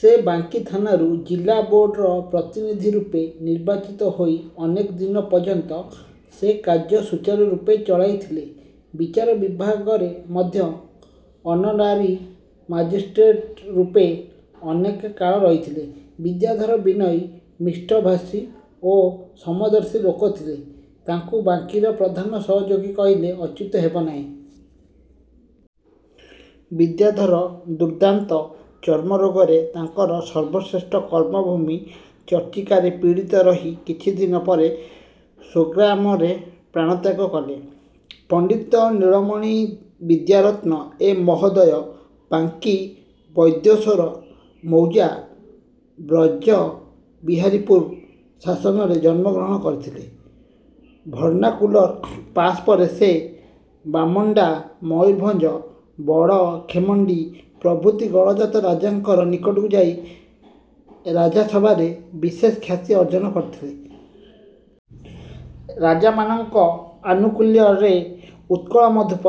ସେ ବାଙ୍କୀ ଥାନାରୁ ଜିଲାବୋର୍ଡ଼ର ପ୍ରତିନିଧିରୂପେ ନିର୍ବାଚିତ ହୋଇ ଅନେକ ଦିନ ପର୍ଯ୍ୟନ୍ତ ସେ କାର୍ଯ୍ୟ ସୂଚାରୁରୂପେ ଚଳାଇଥିଲେ। ବିଚାର ବିଭାଗରେ ମଧ୍ୟ ଅନରାରୀ ମାଜିଷ୍ଟ୍ରେଟରୂପେ ଅନେକ କାଳ ରହିଥିଲେ। ବିଦ୍ୟାଧର ବିନୟୀ, ମିଷ୍ଟଭାଷୀ ଓ ସମଦର୍ଶୀ ଲୋକ ଥିଲେ। ତାଙ୍କୁ ବାଙ୍କୀର ପ୍ରଧାନ ସହଯୋଗୀ କହିଲେ ଅତ୍ୟୁକ୍ତି ହେବ ନାହିଁ। ବିଦ୍ୟାଧର ଦୁର୍ଦାନ୍ତ ଚର୍ମରୋଗରେ ତାଙ୍କର ସର୍ବଶ୍ରେଷ୍ଠ କର୍ମଭୂମି ଚର୍ଚ୍ଚିକାରେ ପୀଡ଼ିତ ରହି କିଛିଦିନ ପରେ ସ୍ଵଗ୍ରାମରେ ପ୍ରାଣତ୍ୟାଗ କଲେ। ପଣ୍ଡିତ ନୀଳମଣି ବିଦ୍ୟାରତ୍ନ ଏ ମହୋଦୟ ବାଙ୍କୀ ବୈଦ୍ୟେଶ୍ଵର ମୌଜା ବ୍ରଜବିହାରୀପୁର ଶାସନରେ ଜନ୍ମଗ୍ରହଣ କରିଥିଲେ। ଭର୍ଣ୍ଣାକ୍ୟୁଲର ପାଶ୍ ପରେ ସେ ବାମଣ୍ଡା, ମୟୂରଭଞ୍ଜ, ବଡ଼ଖେମଣ୍ଡି ପ୍ରଭୃତି ଗଡ଼ଜାତ ରାଜାମାନଙ୍କ ନିକଟକୁ ଯାଇ ରାଜାସଭାରେ ବିଶେଷ ଖ୍ୟାତି ଅର୍ଜନ କରିଥିଲେ। ରାଜାମାନଙ୍କ ଆନୁକୁଲ୍ୟରେ "ଉତ୍କଳ−ମଧୁପ",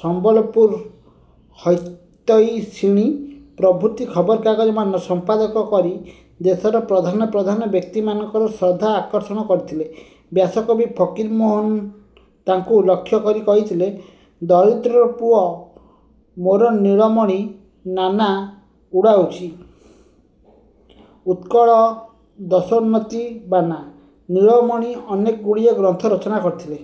"ସମ୍ବଲପୁର−ହିତୈଷିଣୀ'' ପ୍ରଭୃତି ଖବରକାଗଜମାନ ସଂପାଦନ କରି ଦେଶର ପ୍ରଧାନ ପ୍ରଧାନ ବ୍ୟକ୍ତିମାନଙ୍କର ଶ୍ରଦ୍ଧା ଆକର୍ଷଣ କରିଥିଲେ। ବ୍ୟାସକବି ଫକୀରମୋହନ ତାଙ୍କୁ ଲକ୍ଷ୍ୟ କରି କହିଥିଲେ- "ଦରିଦ୍ରର ପୁଅ ମୋର ନୀଳମଣି ନାନା ଉଡ଼ାଉଛି ଉତ୍କଳରେ ଦେଶୋନ୍ନତି ବାନା। '' ନୀଳମଣି ଅନେକଗୁଡ଼ିଏ ଗ୍ରନ୍ଥ ରଚନା କରିଥିଲେ।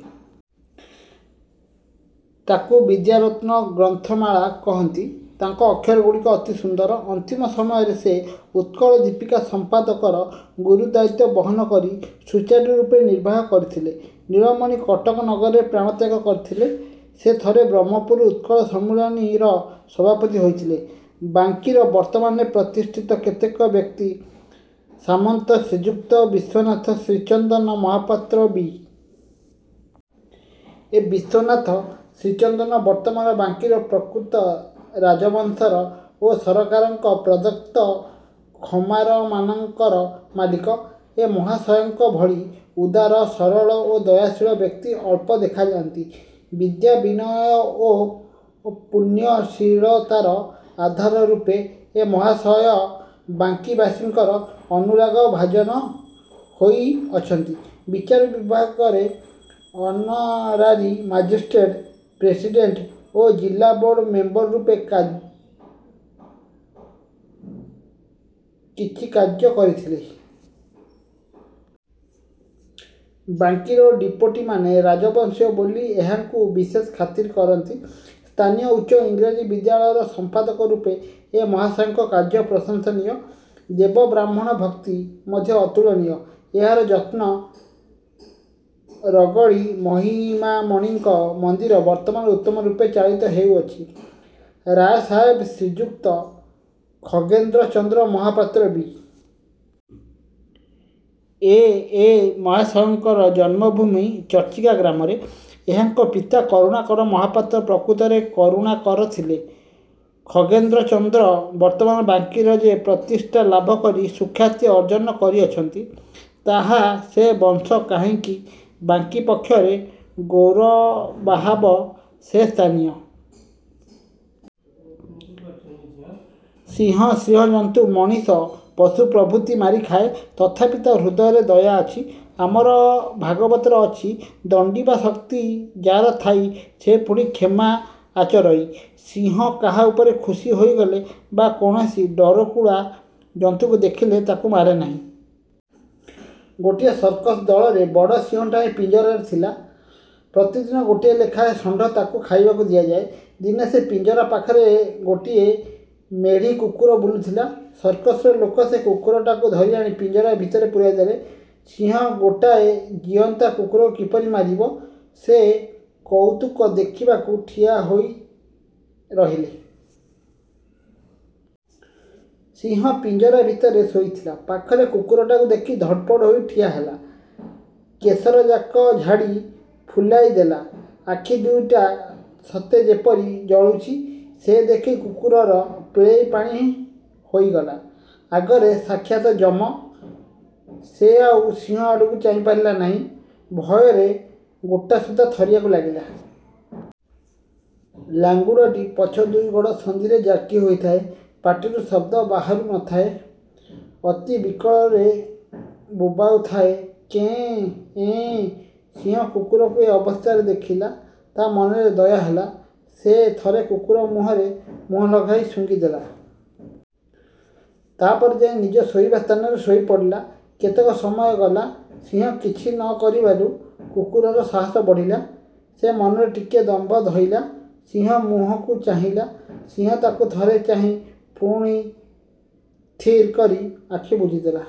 ତାକୁ "ବିଦ୍ୟାରତ୍ନ−ଗ୍ରନ୍ଥମାଳା'' କହନ୍ତି। ତାଙ୍କ ଅକ୍ଷରଗୁଡ଼ିକ ଅତି ସୁନ୍ଦର। ଅନ୍ତିମ ସମୟରେ ସେ "ଉତ୍କଳ−ଦୀପିକା" ସଂପାଦନର ଗୁରୁ ଦାୟିତ୍ଵ ବହନ କରି ସୂଚାରୁରୂପେ ନିର୍ବାହ କରିଥିଲେ। ନୀଳମଣି କଟକ ନଗରରେ ପ୍ରାଣତ୍ୟାଗ କରିଥିଲେ। ସେ ଥରେ "ବ୍ରହ୍ମପୁର ଉତ୍କଳ−ସମ୍ମିଳନୀ''ର ସଭାପତି ହୋଇଥିଲେ। ବାଙ୍କୀର ବର୍ତ୍ତମାନ ପ୍ରତିଷ୍ଠିତ କେତେକ ବ୍ୟକ୍ତି- ସାମନ୍ତ ଶ୍ରୀଯୁକ୍ତ ବିଶ୍ଵନାଥ ଶ୍ରୀଚନ୍ଦନ ମହାପାତ୍ର ବି. ଏ. ବିଶ୍ଵନାଥ ଶ୍ରୀଚନ୍ଦନ ବର୍ତ୍ତମାନ ବାଙ୍କୀର ପ୍ରକୃତ ରାଜବଂଶଧର ଓ ସରକାରଙ୍କ ପ୍ରଦତ୍ତ ଖମାରମାନଙ୍କର ମାଲିକ। ଏ ମହାଶୟଙ୍କ ଭଳି ଉଦାର, ସରଳ ଓ ଦୟାଶୀଳ ବ୍ୟକ୍ତି ଅଳ୍ପ ଦେଖାଯାନ୍ତି। ବିଦ୍ୟା, ବିନୟ ଓ ପୁଣ୍ୟଶୀଳତାର ଆଧାରରୂପେ ଏ ମହାଶୟ ବାଙ୍କୀବାସୀଙ୍କର ଅନୁରାଗ−ଭାଜନ ହୋଇଅଛନ୍ତି। ବିଚାର ବିଭାଗରେ ଅନରାରୀ ମାଜିଷ୍ଟେଟ୍, ପ୍ରେସିଡ଼େଣ୍ଟ ଓ ଜିଲାବୋର୍ଡ଼ ମେମ୍ବରରୂପେ କିଛି କାଳ କାର୍ଯ୍ୟ କରିଥିଲେ। ବାଙ୍କୀର ଡିପୋଟିମାନେ ରାଜବଂଶୀୟ ବୋଲି ଏହାଙ୍କୁ ବିଶେଷ ଖାତିର କରନ୍ତି। ସ୍ଥାନୀୟ ଉଚ୍ଚ ଇଂରାଜୀ ବିଦ୍ୟାଳୟର ସମ୍ପାଦକରୂପେ ଏ ମହାଶୟଙ୍କ କାର୍ଯ୍ୟ ପ୍ରଶଂସନୀୟ। ଦେବ−ବ୍ରାହ୍ମଣ−ଭକ୍ତି ମଧ୍ୟ ଅତୁଳନୀୟ। ଏହାଙ୍କ ଯତ୍ନରେ ରଗଡ଼ି ମହିମାମଣିଙ୍କ ମନ୍ଦିର ବର୍ତ୍ତମାନ ଉତ୍ତମରୂପେ ଚାଳିତ ହେଉଅଛି। ରାୟସାହେବ ଶ୍ରୀଯୁକ୍ତ ଖଗେନ୍ଦ୍ରଚନ୍ଦ୍ର ମହାପାତ୍ର ବି. ଏ. ଏ ମହାଶୟଙ୍କର ଜନ୍ମଭୂମି ଚର୍ଚ୍ଚିକା ଗ୍ରାମରେ। ଏହାଙ୍କ ପିତା କରୁଣାକର ମହାପାତ୍ର ପ୍ରକୃତରେ କରୁଣା କର ଥିଲେ। ଖଗେନ୍ଦ୍ରଚନ୍ଦ୍ର ବର୍ତ୍ତମାନ ବାଙ୍କୀରେ ଯେ ପ୍ରତିଷ୍ଠା ଲାଭ କରି ସୁଖ୍ୟାତି ଅର୍ଜନ କରିଅଛନ୍ତି, ତାହା ସେ ବଂଶ କାହିଁକି ବାଙ୍କୀ ପକ୍ଷରେ ଗୌରବାବହ। ସେ ସ୍ଥାନୀୟ। ସିଂହ ହିଂସ୍ରଜନ୍ତୁ-ମଣିଷ, ପଶୁ ପ୍ରଭୃତି ମାରି ଖାଏ। ତଥାପି ତା' ହୃଦୟରେ ଦୟା ଅଛି। ଆମର ଭାଗବତରେ ଅଛି- ''ଦଣ୍ଡିବା ଶକ୍ତି ଯାର ଥାଇ, ସେ ପୁଣି କ୍ଷମା ଆଚରଇ। '' ସିଂହ କାହା ଉପରେ ଖୁସି ହୋଇଗଲେ ବା କୌଣସି ଡରକୁଳା ଜନ୍ତୁକୁ ଦେଖିଲେ, ତାକୁ ମାରେ ନାହିଁ। ଗୋଟିଏ ସର୍କସ ଦଳରେ ବଡ଼ ସିଂହଟାଏ ପିଞ୍ଜରାରେ ଥିଲା। ପ୍ରତିଦିନ ଗୋଟାଏ ଲେଖାଏଁ ଷଣ୍ଢ ତାକୁ ଖାଇବାକୁ ଦିଆଯାଏ। ଦିନେ ସେ ପିଞ୍ଜରାପାଖରେ ଗୋଟିଏ ମେଢ଼ୀ କୁକୁର ବୁଲୁଥିଲା। ସର୍କସର ଲୋକେ ସେ କୁକୁରଟାକୁ ଧରିଆଣି ପିଞ୍ଜରା ଭିତରେ ପୁରାଇଦେଲେ। ସିଂହ ଗୋଟାଏ ଜୀଅନ୍ତା କୁକୁରକୁ କିପରି ମାରିବ, ସେଇ କଉତୁକ ଦେଖିବାକୁ ଠିଆହୋଇ ରହିଲେ। ସିଂହ ପିଞ୍ଜରା ଭିତରେ ଶୋଇଥିଲା। ପାଖରେ କୁକୁରକୁ ଦେଖି ଧଡ଼ପଡ଼ ହୋଇ ଉଠି ଠିଆ ହେଲା। କେଶରଯାକ ଝାଡ଼ି ଫୁଲାଇଦେଲା। ଆଖି ଦୁଇଟା ସତେ ଯେପରି ଜଳୁଛି। ଏହା ଦେଖି କୁକୁରର ପିଳେଇ ପାଣି ହୋଇଗଲା। ଆଗରେ ସାକ୍ଷାତ ଯମ! ସେ ଆଉ ସିଂହ ଆଡ଼କୁ ଚାହିଁପାରିଲା ନାହିଁ, ଭୟରେ ଗୋଟାସୁଦ୍ଧା ଥରିବାକୁ ଲାଗିଲା। ଲାଙ୍ଗୁଡ଼ଟି ପଛ ଦୁଇ ଗୋଡ଼ ସନ୍ଧିରେ ଜାକି ଦେଇଥାଏ। ପାଟିରୁ ଶବ୍ଦ ବାହାରୁ ନ ଥାଏ। ଅତି ବିକଳରେ ବୋବାଉଥାଏ-କେଁ ଏଁ। ସିଂହ କୁକୁରର ଏ ଅବସ୍ଥା ଦେଖିଲା। ତା' ମନରେ ଦୟା ହେଲା। ସେ ଥରେ କୁକୁର ମୁହଁରେ ମୁହଁ ଲଗାଇ ଶୁଙ୍ଘି ଦେଲା। ତା'ପରେ ଯାଇ ନିଜ ଶୋଇବା ସ୍ଥାନରେ ଶୋଇପଡ଼ିଲା। କେତେକ ସମୟ ଗଲା; ସିଂହ କିଛି ନ କରିବାରୁ କୁକୁରର ସାହସ ବଢ଼ିଲା। ସେ ମନରେ ଟିକିଏ ଦମ୍ଭ ଧଇଲା; ସିଂହ ମୁଁହକୁ ଚାହିଁଲା। ସିଂହ ତାକୁ ଥରେ ଚାହିଁ ପୁଣି ଥିର୍ କରି ଆଖି ବୁଜିଦେଲା।